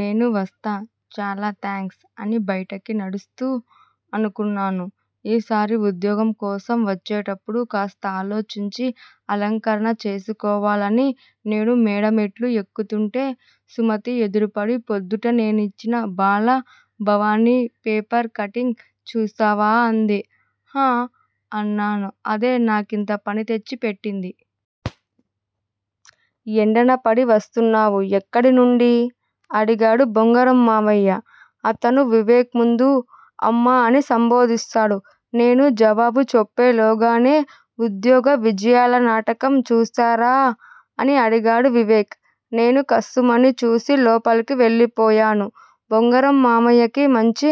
నేను వస్తా చాలా థాంక్స్! అని బయటికి నడుస్తూ అనుకున్నాను, ఈ సారి ఉద్యోగం కోసం వచ్చేటప్పుడు కాస్త ఆలోచించి అలంకరణ చేసుకోవాలని! నేను మేడమెట్లు ఎక్కుతుంటే సుమతి ఎదురుపడి- ప్రొద్దుట నేనిచ్చిన బాల భావనీ పేపర్ కట్టింగ్ చూశావా? అంది. హ! అన్నాను అదే నాకింత పని తెచ్చి పెట్టింది. ఎండనపడి వస్తున్నావు? ఎక్కడి నుండీ? అడిగాడు బొంగరంమావయ్య. అతను వివేక్ ముందు 'అమ్మా' అని సంబోధిస్తాడు. నేను జవాబు చెప్పేలోగానే- ఉద్యోగ విజయాల నాటకం చూశారా? అని అడిగాడు వివేక్. నేను కస్సుమని చూసి లోపలికి వెళ్ళిపోయాను. బొంగరం మావయ్యకి మంచి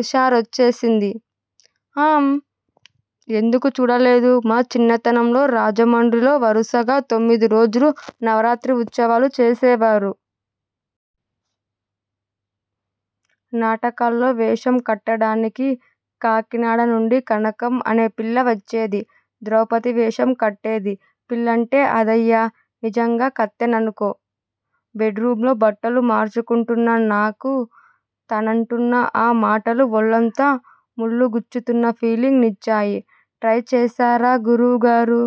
ఉషారోచ్చేసింది. ఆఁ! ఎందుకు చూడలేదూ మా చిన్నతనంలో రాజమండ్రిలో వరసగా తొమ్మిదిరోజులూ నవరాత్రి ఉత్సవాలు చేసేవారు. నాటకాల్లో వేషం కట్టడానికి కాకినాడ నుండి 'కనకం' అనే పిల్ల వచ్చేది ద్రౌపది వేషం కట్టేది. పిల్లంటే అదయ్యా! నిజంగా కత్తేననుకో! బెడ్ రూమ్ లో బట్టలు మార్చుకుంటున్నా నాకు తనంటున్న ఆ మాటలు ఒళ్ళంతా ముళ్ళు గుచ్చుతున్న ఫీలింగ్ నిచ్చాయి! ట్రై చేశారా గురూగారూ?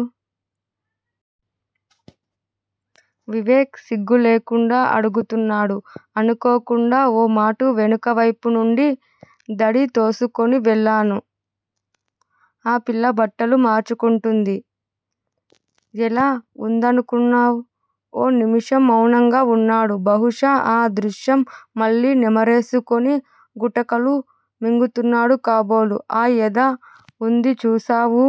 వివేక్ సిగ్గులేకుండా అడుగుతున్నాడు. అనుకోకుండా ఓ మాటు వెనకవైపు నుండి దడి తోసుకుని వెళ్ళాను. ఆ పిల్ల బట్టలు మార్చుకుంటోంది. ఎలా వుందనుకున్నావ్? ఓ నిమిషం మౌనంగా వున్నాడు. బహుశా ఆ దృశ్యం మళ్ళీ నెమరేసుకుని గుటకలు మింగుతున్నాడు కాబోలు! ఆ ఎద వుంది చూశావూ?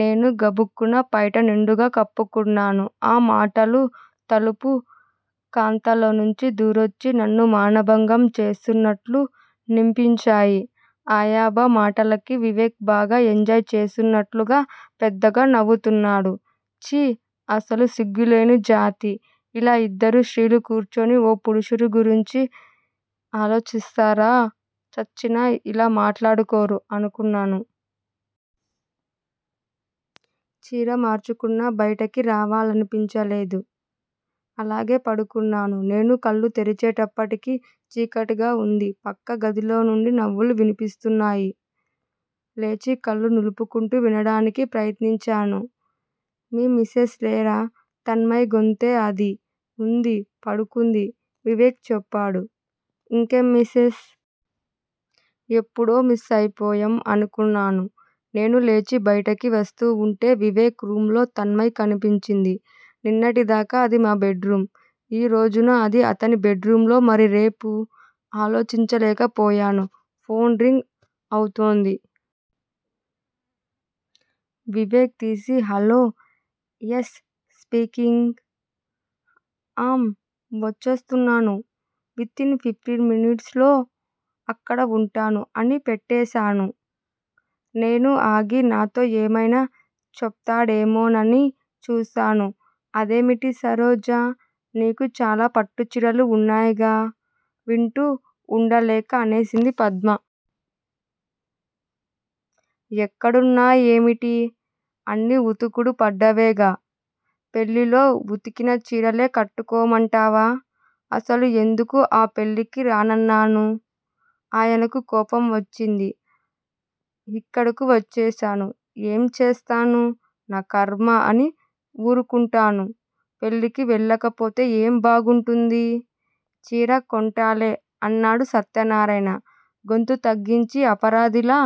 నేను గబుక్కున పైట నిండుగా కప్పుకున్నాను. ఆ మాటలు తలుపు కంతల్లోంచి దూరోచ్చి నన్ను మానభంగం చేస్తున్నట్లనిపించాయి! ఆయబ మాటలకి వివేక్ బాగా ఎంజాయ్ చేస్తున్నట్లుగా పెద్దగా నవ్వుతున్నాడు. 'ఛీ! అస్సలు సిగ్గులేని జాతి ఇలా ఇద్దరు స్త్రీలు కూర్చుని ఓపురుషుడిగురించి ఆలోచిస్తారా? చచ్చినా ఇలా మాట్లాడుకోరు' అనుకున్నాను. చీర మార్చుకున్నా బయటికి రావాలనిపించలేదు అలాగే పడుకున్నాను. నేను కళ్ళు తెరిచేటప్పటికి చీకటిగా వుంది! పక్క గదిలో నుండి నవ్వులు వినిపిస్తున్నాయి. లేచి కళ్లు నులువుకుంటూ వినడానికి ప్రయత్నించాను. మీ మిసెస్ లేరా? తన్మయి గొంతే అది ఉంది పడుకుంది వివేక్ చెప్పాడు. ఇంకేం మిసెస్? ఎప్పుడో మిస్ అయిపోయాం! అనుకున్నాను! నేను లేచి బయటికి వస్తూ వుంటే వివేక్ రూమ్ లో తన్మయి కనిపించింది. నిన్నటి దాకా అది మా బెడ్ రూమ్ ఈ రోజున అది అతని బెడ్ రూమ్ లో మరి రేపూ? ఆలోచించలేక పోయాను. ఫోన్ రింగ్ అవుతోంది. వివేక్ తీసి- హలో ఎస్ స్పీకింగ్ ఆఁ వచ్చేస్తున్నాను వితిన్ ఫిఫ్టిన్ మినిట్స్ లో అక్కడ వుంటాను అని పెట్టేశాను. నేను ఆగి నాతో ఏమైనా చెప్తాడేమోనని చూశాను. అదేమిటి సరోజా! నీకు చాలా పట్టు చీరలు వున్నాయ్ గా! వింటూ ఉండలేక అనేసింది పద్మ! ఎక్కడున్నా యేమిటి? అన్నీ ఉతుకుడు పడ్డవేగా? పెళ్ళిలో ఉతికిన చీరలే కట్టుకోమంటావా? అసలు అందుకే ఆ పెళ్ళికి రానన్నాను. ఆయనకు కోపం వచ్చింది. ఇక్కడకు వచ్చేశాను. ఎం చేస్తాను? నా కర్మ అని ఊరుకుంటాను పెళ్ళికి వెళ్ళకపోతే ఏం బాగుంటుందీ? చీర కోంటాలే అన్నాడు సత్యనారాయణ గొంతు తగ్గించి అపరాదిలా.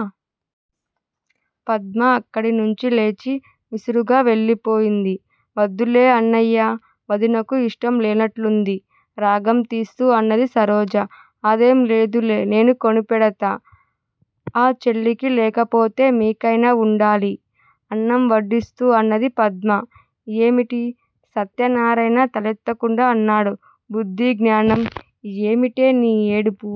పద్మ అక్కడనుంచి లేచి విసురుగా వెళ్ళిపోయింది. వద్దులే అన్నయ్యా! వదినకు యిష్టం లేనట్లుంది రాగం తీస్తూ అన్నది సరోజ. అదేం లేదులే. నేను కొనిపెడతా? ఆ చెల్లెలికి లేకపోతే మీకైణా వుండాలి అన్నం వడ్డిస్తూ అన్నది పద్మ. ఏమిటి? సత్యనారాయణ తలెత్తకుండా అన్నాడు. బుద్ధి జ్ఞానం! ఏమిటే నీ ఏడుపు?